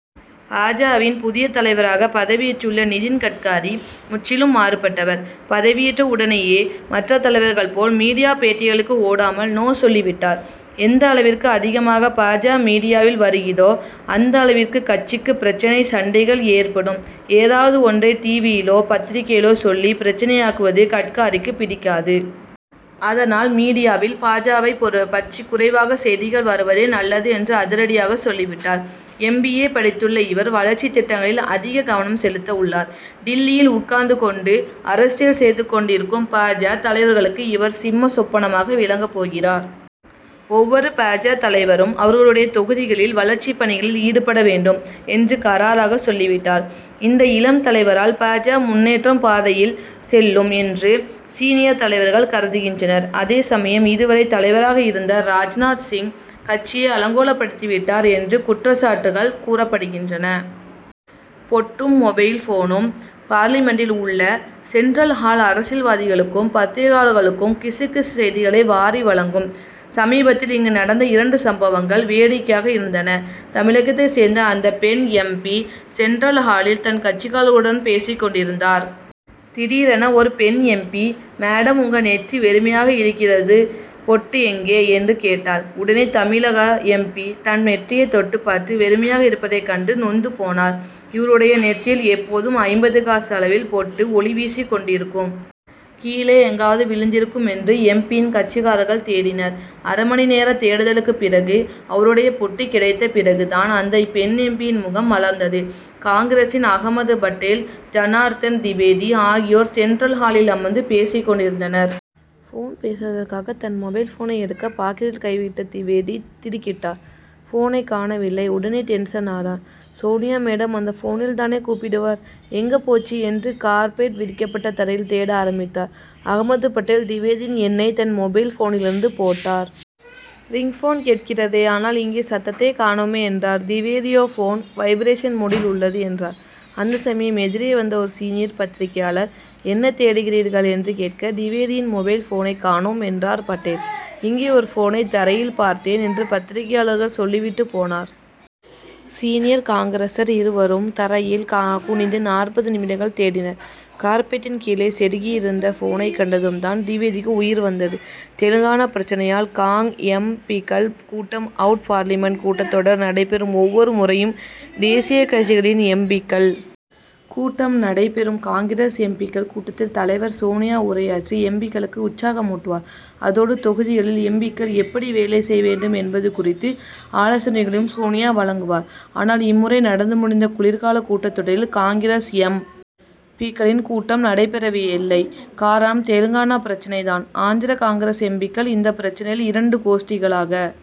பா. ஜ.,வின் புதிய தலைவராக பதவியேற்றுள்ள நிதின் கட்காரி, முற்றிலும் மாறுபட்டவர். பதவியேற்ற உடனேயே, மற்ற தலைவர்கள் போல, மீடியா பேட்டிகளுக்கு ஓடாமல், நோ சொல்லிவிட்டார். எந்த அளவிற்கு அதிகமாக பா. ஜ., மீடியாவில் வருகிதோ, அந்த அளவிற்கு கட்சிக்கு பிரச்னை, சண்டைகள் ஏற்படும். ஏதாவது ஒன்றை, டிவியிலோ, பத்திரிகையிலோ சொல்லி பிரச்னையாக்குவது, கட்காரிக்கு பிடிக்காது. அதனால் மீடியாவில், பா. ஜ.,வைப் பற்றி குறைவாக செய்திகள் வருவதே நல்லது என்று அதிரடியாக சொல்லிவிட்டார். எம். பி. ஏ., படித்துள்ள இவர், வளர்ச்சித் திட்டங்களில் அதிக கவனம் செலுத்த உள்ளார். டில்லியில் உட்கார்ந்து கொண்டு அரசியல் செய்து கொண்டிருக்கும் பா. ஜ., தலைவர்களுக்கு இவர், சிம்ம சொப்பனமாக விளங்கப் போகிறார். ஒவ்வொரு பா. ஜ., தலைவரும், அவர்களுடைய தொகுதிகளில், வளர்ச்சிப் பணிகளில் ஈடுபட வேண்டும் என்று கறாராக சொல்லிவிட்டார். இந்த இளம் தலைவரால், பா. ஜ., முன்னேற்றப் பாதையில் செல்லும் என்று, சீனியர் தலைவர்கள் கருதுகின்றனர். அதே சமயம், இதுவரை தலைவராக இருந்த ராஜ்நாத் சிங், கட்சியை அலங்கோலப்படுத்தி விட்டார் என்று குற்றச்சாட்டுகள் கூறப்படுகின்றன. பொட்டும் மொபைல் போனும்: பார்லிமென்டில் உள்ள சென்ட்ரல் ஹால், அரசியல்வாதிகளுக்கும், பத்திரிகையாளர்களுக்கும், கிசு கிசு செய்திகளை வாரி வழங்கும். சமீபத்தில் இங்கு நடந்த இரண்டு சம்பவங்கள், வேடிக்கையாக இருந்தன. தமிழகத்தைச் சேர்ந்த அந்த பெண் எம். பி., சென்ட்ரல் ஹாலில், தன் கட்சிக்காரர்களோடு பேசிக் கொண்டிருந்தார். திடீரென ஒரு பெண் எம். பி., மேடம்உங்க நெற்றி வெறுமையாக இருக்கிறதேபொட்டு எங்கே? என்று கேட்டார். உடனே தமிழக எம். பி., தன் நெற்றியைத் தொட்டு பார்த்து, வெறுமையாக இருப்பதைக் கண்டு நொந்து போனார். இவருடைய நெற்றியில் எப்போதும், ஐம்பது காசு அளவில் பொட்டு, ஒளி வீசிக் கொண்டிருக்கும். கீழே எங்காவது விழுந்திருக்கும் என்று, எம். பி.,யின் கட்சிக்காரர்கள் தேடினர். அரை மணி நேர தேடுதலுக்குப் பிறகு, அவருடைய பொட்டு கிடைத்த பிறகு தான், அந்த பெண் எம். பி.,யின் முகம் மலர்ந்தது. காங்கிரசின் அகமது பட்டேல், ஜனார்த்தன் திவேதி ஆகியோர், சென்ட்ரல் ஹாலில் அமர்ந்து பேசிக் கொண்டிருந்தனர். போன் பேசுவதற்காக, தன் மொபைல் போனை எடுக்க பாக்கெட்டில் கை விட்ட திவேதி, திடுக்கிட்டார். போனைக் காணவில்லை. உடனே டென்ஷன் ஆனார். சோனியா மேடம் அந்த போனில் தானே கூப்பிடுவார்எங்கே போச்சு என்று, கார்பெட் விரிக்கப்பட்ட தரையில் தேட ஆரம்பித்தார். அகமது பட்டேல், திவேதியின் எண்ணை தன் மொபைல் போனிலிருந்து போட்டார். ரிங் போன் கேட்கிறதேஆனால் இங்கே சத்தத்தையே காணோமே என்றார். திவேதியோபோன் வைப்ரேஷன் மோடில் உள்ளது என்றார். அந்த சமயம் எதிரே வந்த ஒரு சீனியர் பத்திரிகையாளர், என்ன தேடுகிறீர்கள்' என்று கேட்க, திவேதியின் மொபைல் போனைக் காணோம் என்றார் பட்டேல். இங்கே ஒரு போனை தரையில் பார்த்தேன் என்று பத்திரிகையாளர் சொல்லிவிட்டுப் போனார். சீனியர் காங்கிரசார் இருவரும், தரையில் குனிந்து நாற்பது நிமிடங்கள் தேடினர். கார்பெட்டின் கீழே செருகியிருந்த போனைக் கண்டதும் தான், திவேதிக்கு உயிர் வந்தது. தெலுங்கானா பிரச்னையால் காங்., எம். பி.,க்கள் கூட்டம் அவுட்: பார்லிமென்ட் கூட்டத்தொடர் நடைபெறும் ஒவ்வொரு முறையும், தேசிய கட்சிகளின் எம். பி.,க்கள் கூட்டம் நடைபெறும். காங்கிரஸ் எம். பி.,க்கள் கூட்டத்தில் தலைவர் சோனியா உரையாற்றி, எம். பி.,க்களுக்கு உற்சாகமூட்டுவார். அதோடு, தொகுதிகளில், எம். பி.,க்கள் எப்படி வேலை செய்ய வேண்டும் என்பது குறித்து, ஆலோசனைகளையும் சோனியா வழங்குவார். ஆனால், இம்முறை நடந்து முடிந்த குளிர்கால கூட்டத்தொடரில், காங்கிரஸ் எம். பி.,க்களின் கூட்டம் நடைபெறவேயில்லை. காரணம், தெலுங்கானா பிரச்னை தான். ஆந்திர காங்கிரஸ் எம். பி.,க்கள், இந்த பிரச்னையில் இரண்டு கோஷ்டிகளாக